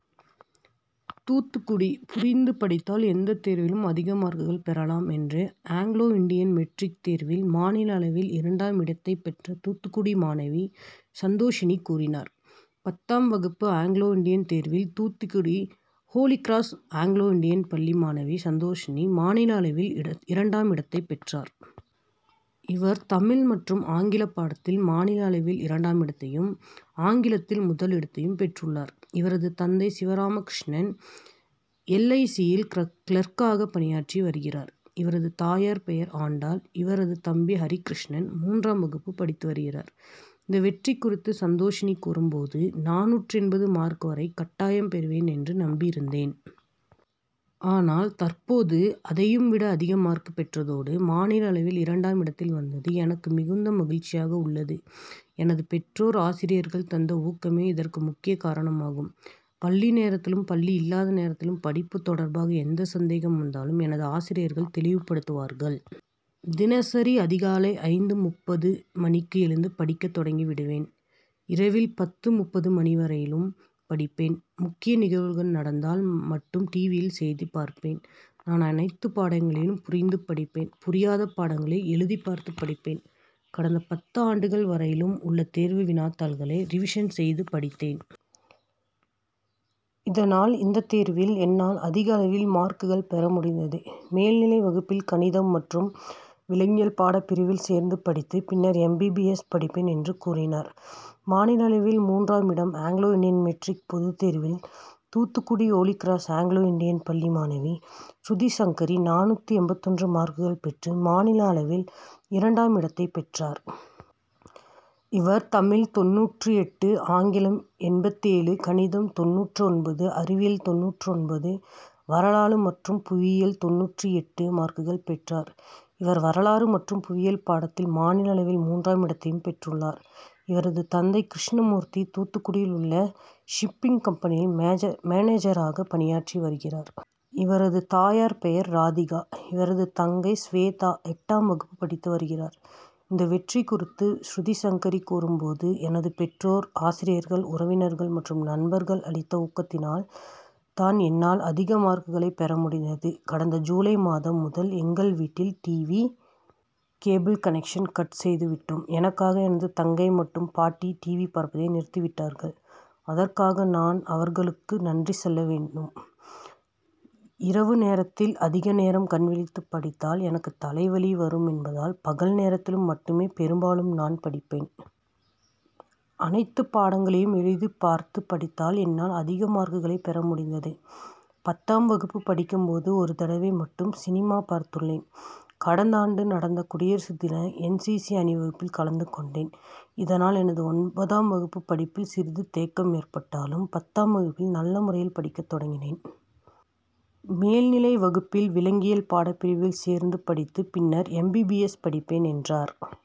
தூத்துக்குடி புரிந்து படித்தால் எந்த தேர்விலும் அதிக மார்க்குகள் பெறலாம் என்று ஆங்கிலோ இண்டியன் மெட்ரிக் தேர்வில் மாநில அளவில் இரண்டாம் இடத்தை பெற்ற தூத்துக்குடி மாணவி சந்தோஷிணி கூறினார். பத்தாம் வகுப்பு ஆங்கிலோ இண்டியன் தேர்வில் தூத்துக்குடி ஹோலிகிராஸ் ஆங்கிலோ இண்டியன் பள்ளி மாணவி சந்தோஷிணி மாநில அளவில் இரண்டாம் இடத்தை பெற்றார். இவர் தமிழ் மற்றும் ஆங்கில பாடத்தில் மாநில அளவில் இரண்டாம் இடத்தையும், ஆங்கிலத்தில் முதல் இடத்தையும் பெற்றுள்ளார். இவரது தந்தை சிவராமகிருஷ்ணன் எல்ஐசி.,யில் கிளார்க்காக பணியாற்றி வருகிறார். இவரது தாயார் பெயர் ஆண்டாள். இவரது தம்பி ஹரிகிருஷ்ணன் மூன்றாம் வகுப்பு படித்து வருகிறார். இந்த வெற்றி குறித்து சந்தோஷிணி கூறும் போது, நானூற்று எண்பது மார்க் வரை கட்டாயம் பெறுவேன் என்று நம்பி இருந்தேன். ஆனால் தற்போது அதையும் விட அதிக மார்க் பெற்றதோடு, மாநில அளவில் இரண்டாம் இடத்தில் வந்ததது எனக்கு மிகுந்த மகிழ்ச்சியாக உள்ளது. எனது பெற்றோர், ஆசிரியர்கள் தந்த ஊக்கமே இதற்கு முக்கிய காரணமாகும். பள்ளி நேரத்திலும், பள்ளி இல்லாத நேரத்திலும் படிப்பு தொடர்பாக எந்த சந்தேகம் வந்தாலும் எனது ஆசிரியர்கள் தெளிவுபடுத்துவார்கள். தினசரி அதிகாலை ஐந்து.முப்பது மணிக்கு எழுந்து படிக்க தொடங்கி விடுவேன். இரவில் பத்து.முப்பது மணி வரையிலும் படிப்பேன். முக்கிய நிகழ்வுகள் நடந்தால் மட்டும் டிவியில் செய்தி பார்ப்பேன். நான் அனைத்து பாடங்களையும் புரிந்து படிப்பேன். புரியாத பாடங்களை எழுதிபார்த்து படிப்பேன். கடந்த பத்து ஆண்டுகள் வரையிலும் உள்ள தேர்வு வினாத்தாள்களை ரிவிஷன் செய்து படித்தேன். இதனால் இந்த தேர்வில் என்னால் அதிக அளவில் மார்க்குகள் பெற முடிந்தது. மேல்நிலை வகுப்பில் கணிதம் மற்றும் விலங்கியல் பாடப்பிரிவில் சேர்ந்து படித்து பின்னர் எம்பிபிஎஸ்., படிப்பேன் என்று கூறினார். மாநில அளவில் மூன்றாம் இடம் ஆங்கிலோ இண்டியன் மெட்ரிக் பொதுத்தேர்வில் தூத்துக்குடி ஹோலிகிராஸ் ஆங்கிலோ இண்டியன் பள்ளி மாணவி சுருதிசங்கரி நானூற்று எண்பத்தொன்று மார்க்குகள் பெற்று மாநில அளவில் இரண்டாம் இடத்தை பெற்றார். இவர் தமிழ் - தொண்ணூற்று எட்டு, ஆங்கிலம் - எண்பத்தேழு, கணிதம்-தொண்ணூற்று ஒன்பது, அறிவியல்-தொண்ணூற்று ஒன்பது, வரலாறு மற்றும் புவியியல்-தொண்ணூற்று எட்டு மார்க்குள் பெற்றார். இவர் வரலாறு மற்றும் புவியியல் பாடத்தில் மாநில அளவில் மூன்றாம் இடத்தையும் பெற்றுள்ளார். இவரது தந்தை கிருஷ்ணமூர்த்தி தூத்துக்குடியில் உள்ள ஷிப்பிங் கம்பெனியில் மேனேஜராக பணியாற்றி வருகிறார். இவரது தாயார் பெயர் ராதிகா. இவரது தங்கை சுவேதா எட்டாம் வகுப்பு படித்து வருகிறார். இந்த வெற்றி குறித்து சுருதிசங்கரி கூறும் போது, எனது பெற்றோர், ஆசிரியர்கள், உறவினர்கள் மற்றும் நண்பர்கள் அளித்த ஊக்கத்தினால் தான் என்னால் அதிக மார்க்குகளை பெற முடிந்தது. கடந்த ஜுலை மாதம் முதல் எங்கள் வீட்டில் டிவி. கேபிள் கனெக்ஷனை கட் செய்துவிட்டோம். எனக்காக எனது தங்கை மற்றும் பாட்டி டிவி., பார்ப்பதை நிறுத்திவிட்டார்கள். அதற்காக நான் அவர்களுக்கு நன்றி சொல்ல வேண்டும். இரவு நேரத்தில் அதிக நேரம் கண்விழித்து படித்தால் எனக்கு தலைவலி வரும் என்பதால் பகல் நேரத்தில் மட்டுமே பெரும்பாலும் நான் படிப்பேன். அனைத்து பாடங்களையும் எழுதி பார்த்து படித்ததால் என்னால் அதிக மார்க்குகளை பெற முடிந்தது. பத்தாம் வகுப்பு படிக்கும் போது ஒரு தடவை மட்டும் சினிமா பார்த்துள்ளேன். கடந்தாண்டு நடந்த குடியரசு தின என்சிசி., அணிவகுப்பில் கலந்து கொண்டேன். இதனால் எனது ஒன்பதாம் வகுப்பு படிப்பில் சிறிது தேக்கம் ஏற்பட்டாலும், பத்தாம் வகுப்பில் நல்ல முறையில் படிக்க தொடங்கினேன். மேல்நிலை வகுப்பில் விலங்கியல் பாடப்பிரிவில் சேர்ந்து படித்து பின்னர் எம்பிபிஎஸ்., படிப்பேன் என்றார்.